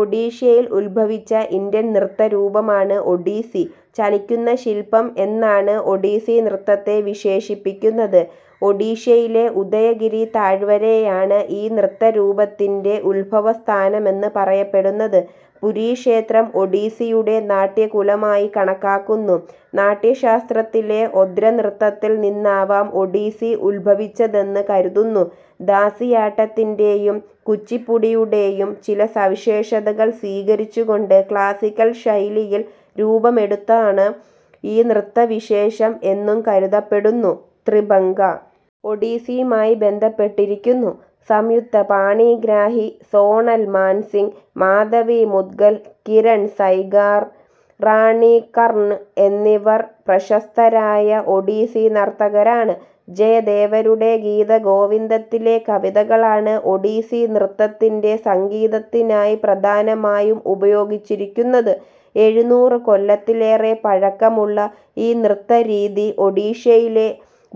ഒഡീഷയിൽ ഉത്ഭവിച്ച ഇന്ത്യൻ നൃത്തരൂപമാണ് ഒഡീസി. ചലിക്കുന്ന ശിൽപം എന്നാണ് ഒഡീസി നൃത്തത്തെ വിശേഷിപ്പിക്കുന്നത്. ഒഡീഷയിലെ ഉദയഗിരി താഴ്‌വരയെയാണ് ഈ നൃത്തരൂപത്തിൻ്റെ ഉത്ഭവസ്ഥാനമെന്ന് പറയപ്പെടുന്നത്. പുരി ക്ഷേത്രം ഒഡീസിയുടെ നാട്യകുലമായി കണക്കാക്കുന്നു. നാട്യശാസ്ത്രത്തിലെ ഒദ്രനൃത്തത്തിൽ നിന്നാവാം ഒഡീസി ഉത്ഭവിച്ചതെന്ന് കരുതുന്നു. ദാസിയാട്ടത്തിൻ്റെയും കുച്ചിപ്പുടിയുടെയും ചില സവിശേഷതകൾ സ്വീകരിച്ചുകൊണ്ട് ക്ലാസിക്കൽ ശൈലിയിൽ രൂപമെടുത്തതാണ് ഈ നൃത്തവിശേഷം എന്നും കരുതപ്പെടുന്നു. ത്രിഭംഗ ഒഡീസിയുമായി ബന്ധപ്പെട്ടിരിക്കുന്നു. സംയുക്ത പാണിഗ്രാഹി, സോണൽ മാൻസിങ്, മാധവി മുദ്ഗൽ, കിരൺ സൈഗാർ, റാണി കർൺ എന്നിവർ പ്രശസ്തരായ ഒഡീസി നർത്തകരാണ്. ജയദേവരുടെ ഗീതഗോവിന്ദത്തിലെ കവിതകളാണ് ഒഡീസി നൃത്തത്തിൻ്റെ സംഗീതത്തിനായി പ്രധാനമായും ഉപയോഗിച്ചിരിക്കുന്നത്. എഴുന്നൂറ് കൊല്ലത്തിലേറെ പഴക്കമുള്ള ഈ നൃത്തരീതി ഒഡീഷയിലെ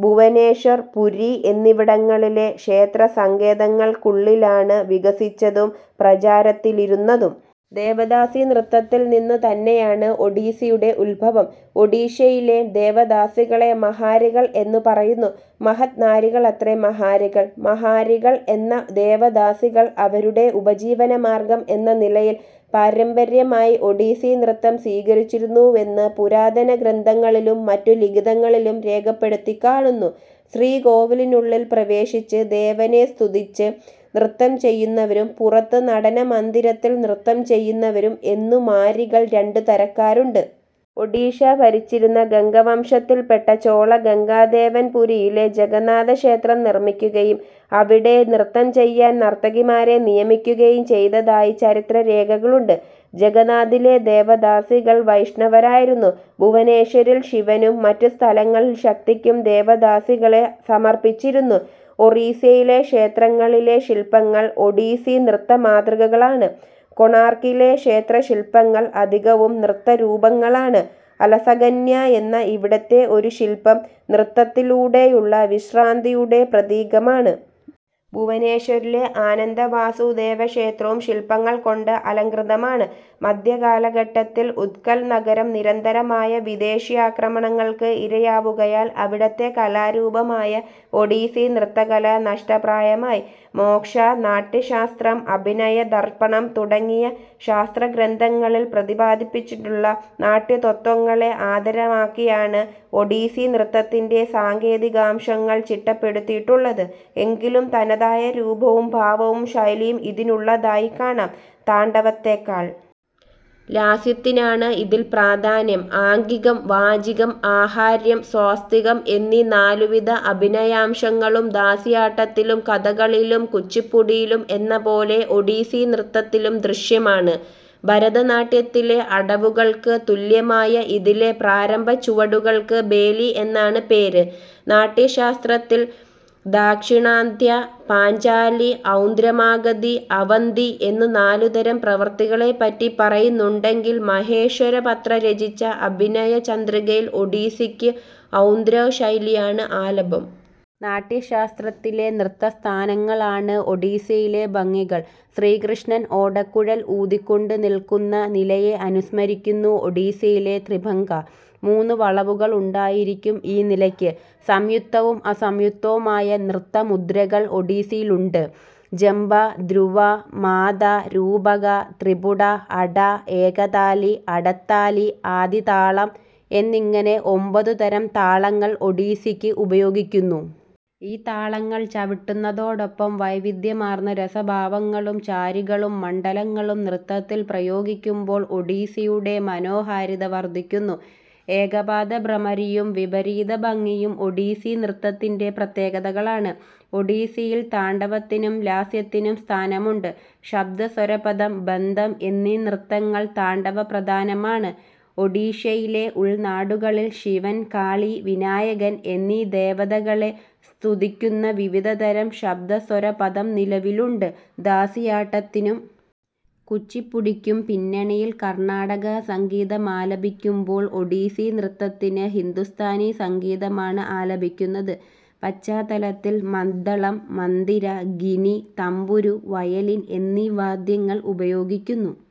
ഭുവനേശ്വർ, പുരി എന്നിവിടങ്ങളിലെ ക്ഷേത്രസങ്കേതങ്ങൾക്കുള്ളിലാണ് വികസിച്ചതും പ്രചാരത്തിലിരുന്നതും. ദേവദാസി നൃത്തത്തിൽനിന്നു തന്നെയാണ് ഒഡീസിയുടെ ഉത്ഭവം. ഒഡീഷയിലെ ദേവദാസികളെ മഹാരികൾ എന്നു പറയുന്നു. മഹത് നാരികളത്രേ മഹാരികൾ. മഹാരികൾ എന്ന ദേവദാസികൾ അവരുടെ ഉപജീവനമാർഗം എന്ന നിലയിൽ പാരമ്പര്യമായി ഒഡീസി നൃത്തം സ്വീകരിച്ചിരുന്നുവെന്ന് പുരാതനഗ്രന്ഥങ്ങളിലും മറ്റു ലിഖിതങ്ങളിലും രേഖപ്പെടുത്തിക്കാണുന്നു. ശ്രീകോവിലിനുള്ളിൽ പ്രവേശിച്ച് ദേവനെ സ്തുതിച്ച് നൃത്തം ചെയ്യുന്നവരും പുറത്ത് നടനമന്ദിരത്തിൽ നൃത്തം ചെയ്യുന്നവരും എന്നു മാ രികൾ രണ്ട് തരക്കാരുണ്ട്. ഒഡീഷ ഭരിച്ചിരുന്ന ഗംഗവംശത്തിൽപ്പെട്ട ചോളഗംഗദേവൻ പുരിയിലെ ജഗന്നാഥക്ഷേത്രം നിർമ്മിക്കുകയും അവിടെ നൃത്തം ചെയ്യാൻ നർത്തകിമാരെ നിയമിക്കുകയും ചെയ്തതായി ചരിത്രരേഖകളുണ്ട്. ജഗന്നാഥിലെ ദേവദാസികൾ വൈഷ്ണവരായിരുന്നു. ഭുവനേശ്വരിൽ ശിവനും മറ്റ് സ്ഥലങ്ങളിൽ ശക്തിക്കും ദേവദാസികളെ സമർപ്പിച്ചിരുന്നു. ഒറീസയിലെ ക്ഷേത്രങ്ങളിലെ ശിൽപങ്ങൾ ഒഡീസി നൃത്തമാതൃകകളാണ്. കൊണാർക്കിലെ ക്ഷേത്രശിൽപങ്ങൾ അധികവും നൃത്തരൂപങ്ങളാണ്. അലസകന്യ എന്ന ഇവിടത്തെ ഒരു ശിൽപം നൃത്തത്തിലൂടെയുള്ള വിശ്രാന്തിയുടെ പ്രതീകമാണ്. ഭുവനേശ്വരിലെ ആനന്ദവാസുദേവക്ഷേത്രവും ശിൽപങ്ങൾ കൊണ്ട് അലങ്കൃതമാണ്. മധ്യകാലഘട്ടത്തിൽ ഉത്കൽ നഗരം നിരന്തരമായ വിദേശിയാക്രമണങ്ങൾക്ക് ഇരയാവുകയാൽ അവിടത്തെ കലാരൂപമായ ഒഡീസി നൃത്തകല നഷ്ടപ്രായമായി. മോക്ഷ, നാട്യശാസ്ത്രം, അഭിനയദർപ്പണം തുടങ്ങിയ ശാസ്ത്രഗ്രന്ഥങ്ങളിൽ പ്രതിപാദിപ്പിച്ചിട്ടുള്ള നാട്യതത്വങ്ങളെ ആധരമാക്കിയാണ് ഒഡീസി നൃത്തത്തിൻ്റെ സാങ്കേതികാംശങ്ങൾ ചിട്ടപ്പെടുത്തിയിട്ടുള്ളത്. എങ്കിലും തനതായ രൂപവും ഭാവവും ശൈലിയും ഇതിനുള്ളതായി കാണാം. താണ്ഡവത്തെക്കാൾ ലാസ്യത്തിനാണ് ഇതിൽ പ്രാധാന്യം. ആംഗികം, വാചികം, ആഹാര്യം, സാസ് ത്വികം എന്നീ നാലുവിധ അഭിനയാംശങ്ങളും ദാസിയാട്ടത്തിലും കഥകളിയിലും കുച്ചിപ്പുടിയിലും എന്നപോലെ ഒഡീസി നൃത്തത്തിലും ദൃശ്യമാണ്. ഭരതനാട്യത്തിലെ അടവുകൾക്ക് തുല്യമായ ഇതിലെ പ്രാരംഭച്ചുവടുകൾക്ക് ബേലി എന്നാണ് പേര്. നാട്യശാസ്ത്രത്തിൽ ദാക്ഷിണാത്യ, പാഞ്ചാലി, ഔഡ്രമാഗധി, അവന്തി എന്നു നാലുതരം പ്രവൃത്തികളെപ്പറ്റി പറയുന്നുണ്ടെങ്കിൽ മഹേശ്വരപത്ര രചിച്ച അഭിനയചന്ദ്രികയിൽ ഒഡീസിക്ക് ഔഡ്രാ ശൈലിയാണ് ആലംബം. നാട്യശാസ്ത്രത്തിലെ നൃത്തസ്ഥാനങ്ങളാണ് ഒഡീസിയിലെ ഭംഗികൾ. ശ്രീകൃഷ്ണൻ ഓടക്കുഴൽ ഊതിക്കൊണ്ട് നിൽക്കുന്ന നിലയെ അനുസ്മരിക്കുന്നു ഒഡീസിയിലെ ത്രിഭംഗ. മൂന്ന് വളവുകളുണ്ടായിരിക്കും ഈ നിലയ്ക്ക്. സംയുക്തവും അസംയുക്തവുമായ നൃത്തമുദ്രകൾ ഒഡീസിയിലുണ്ട്. ജംബ, ധ്രുവാ, മാതാ, രൂപക, ത്രിപുട, അട, ഏകതാലി, അടതാലി, ആദിതാളം എന്നിങ്ങനെ ഒമ്പതുതരം താളങ്ങൾ ഒഡീസിക്ക് ഉപയോഗിക്കുന്നു. ഈ താളങ്ങൾ ചവിട്ടുന്നതോടൊപ്പം വൈവിധ്യമാർന്ന രസഭാവങ്ങളും ചാരികളും മണ്ഡലങ്ങളും നൃത്തത്തിൽ പ്രയോഗിക്കുമ്പോൾ ഒഡീസിയുടെ മനോഹാരിത വർധിക്കുന്നു. ഏകപാദഭ്രമരിയും വിപരീതഭംഗിയും ഒഡീസി നൃത്തത്തിൻ്റെ പ്രത്യേകതകളാണ്. ഒഡീസിയിൽ താണ്ഡവത്തിനും ലാസ്യത്തിനും സ്ഥാനമുണ്ട്. ശബ്ദസ്വരപദം, ബന്ധം എന്നീ നൃത്തങ്ങൾ താണ്ഡവപ്രധാനമാണ്. ഒഡീഷയിലെ ഉൾനാടുകളിൽ ശിവൻ, കാളി, വിനായകൻ എന്നീ ദേവതകളെ സ്തുതിക്കുന്ന വിവിധതരം ശബ്ദസ്വരപദം നിലവിലുണ്ട്. ദാസിയാട്ടത്തിനും കുച്ചിപ്പുടിക്കും പിന്നണിയിൽ കർണാടക സംഗീതമാലപിക്കുമ്പോൾ ഒഡീസി നൃത്തത്തിന് ഹിന്ദുസ്ഥാനി സംഗീതമാണ് ആലപിക്കുന്നത്. പശ്ചാത്തലത്തിൽ മദ്ദളം, മന്ദിര, ഗിനി, തംബുരു, വയലിൻ എന്നീ വാദ്യങ്ങൾ ഉപയോഗിക്കുന്നു.